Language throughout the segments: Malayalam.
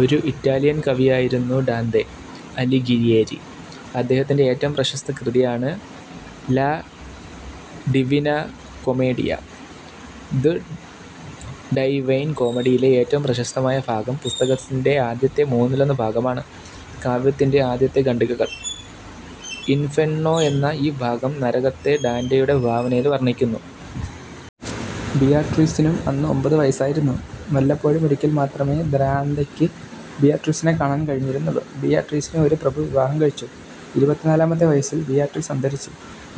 ഒരു ഇറ്റാലിയൻ കവിയായിരുന്നു ഡാന്റെ അലിഘിയേരി. അദ്ദേഹത്തിന്റെ ഏറ്റവും പ്രശസ്ത കൃതിയാണ് ലാ ഡിവിനാ കൊമേഡിയ. ദ് ഡൈവൈൻ കോമഡിയിലെ ഏറ്റവും പ്രശസ്തമായ ഭാഗം പുസ്തകത്തിന്റെ ആദ്യത്തെ മൂന്നിലൊന്ന് ഭാഗമാണ് കാവ്യത്തിന്റെ ആദ്യത്തെ ഖണ്ഡികകൾ. ഇൻഫെർണ്ണോ എന്ന ഈ ഭാഗം നരകത്തെ ഡാന്റെയുടെ ഭാവനയിൽ വർണ്ണിക്കുന്നു. ബിയാട്രീസിനും അന്ന് ഒമ്പതുവയസ്സായിരുന്നു. വല്ലപ്പോഴും ഒരിക്കൽ മാത്രമേ ദാന്തെയ്ക്കു ബിയാട്രീസിനെ കാണാൻ കഴിഞ്ഞിരുന്നുള്ളൂ. ബിയാട്രീസിനെ ഒരു പ്രഭു വിവാഹം കഴിച്ചു. ഇരുപത്തിനാലാമത്തെ വയസ്സിൽ ബിയാട്രീസ് അന്തരിച്ചു.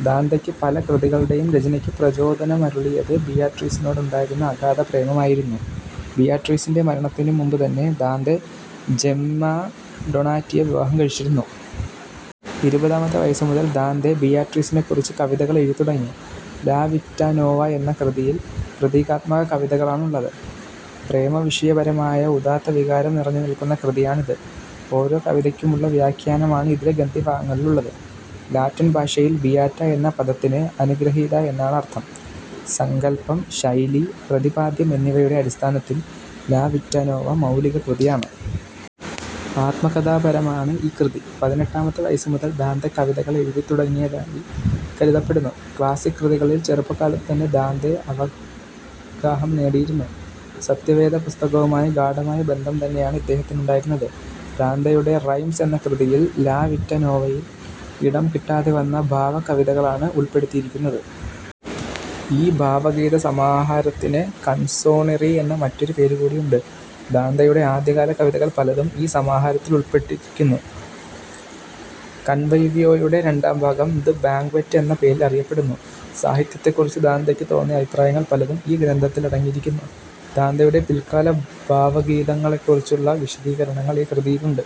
ദാന്തെയ്ക്ക് പല കൃതികളുടെയും രചനയ്ക്കു പ്രചോദമനമരുളിയത് ബിയാട്രീസിനോടുണ്ടായിരുന്നു അഗാധ പ്രേമമായിരുന്നു. ബിയാട്രീസിന്റെ മരണത്തിനു മുമ്പുതന്നെ ദാന്തെ ജെമ്മാ ഡൊണാറ്റിയെ വിവാഹം കഴിച്ചിരുന്നു. ഇരുപതാമത്തെ വയസ്സുമുതൽ ദാന്തെ ബിയാട്രീസിനെക്കുറിച്ച് കവിതകൾ എഴുതിത്തുടങ്ങി. ലാ വിറ്റാ നോവ എന്ന കൃതിയിൽ പ്രതീകാത്മക കവിതകളാണുള്ളത്. പ്രേമവിഷയപരമായ ഉദാത്തവികാരം നിറഞ്ഞുനില്ക്കുന്ന കൃതിയാണിത്. ഓരോ കവിതയ്ക്കുമുള്ള വ്യാഖ്യാനമാണ് ഇതിലെ ഗദ്യഭാഗത്തിലുള്ളത്. ലാറ്റിൻ ഭാഷയിൽ 'ബിയാറ്റ' എന്ന പദത്തിന് 'അനുഗൃഹിത' എന്നാണർഥം. സങ്കല്പം, ശൈലി, പ്രതിപാദ്യം എന്നിവയുടെ അടിസ്ഥാനത്തിൽ ലാ വിറ്റാ നോവ മൗലിക കൃതിയാണ്. ആത്മകഥാപരമാണ് ഈ കൃതി. പതിനെട്ടാമത്തെ വയസ്സു മുതൽ ദാന്തെ കവിതകൾ എഴുതിത്തുടങ്ങിയതായി കരുതപ്പെടുന്നു. ക്ലാസ്സിക് കൃതികളിൽ ചെറുപ്പകാലത്തുതന്നെ ദാന്തെ അവഗാഹം നേടിയിരുന്നു. 'സത്യവേദപുസ്തക'വുമായി ഗാഢമായ ബന്ധംതന്നെയാണ് ഇദ്ദേഹത്തിനുണ്ടായിരുന്നത്. ദാന്തെയുടെ റൈംസ് എന്ന കൃതിയിൽ ലാ വിറ്റാ നോവയിൽ ഇടം കിട്ടാതെവന്ന ഭാവ കവിതകളാണ് ഉൾ പ്പെടുത്തിയിരിക്കുന്നത്. ഈ ഭാവഗീതസമാഹാരത്തിന് കൺസോണീറി എന്ന മറ്റൊരു പേരുകൂടിയുണ്ട്. ദാന്തെയുടെ ആദ്യകാല കവിതകൾ പലതും ഈ സമാഹാരത്തിൽ ഉൾ പ്പെടുത്തിയിരിക്കുന്നു. കൺവൈവ്യോ യുടെ രണ്ടാംഭാഗം ദ് ബാങ്ക്വറ്റ് എന്ന പേരിൽ അറിയപ്പെടുന്നു. സാഹിത്യത്തെക്കുറിച്ച് ദാന്തെയ്ക്കു തോന്നിയ അഭിപ്രായങ്ങൾ പലതും ഈ ഗ്രന്ഥത്തിൽ അടങ്ങിയിരിക്കുന്നു. ദാന്തെയുടെ പില്ക്കാല ഭാവഗീതങ്ങളെക്കുറിച്ചുള്ള വിശദീകരണങ്ങൾ ഈ കൃതിയിലുണ്ട്.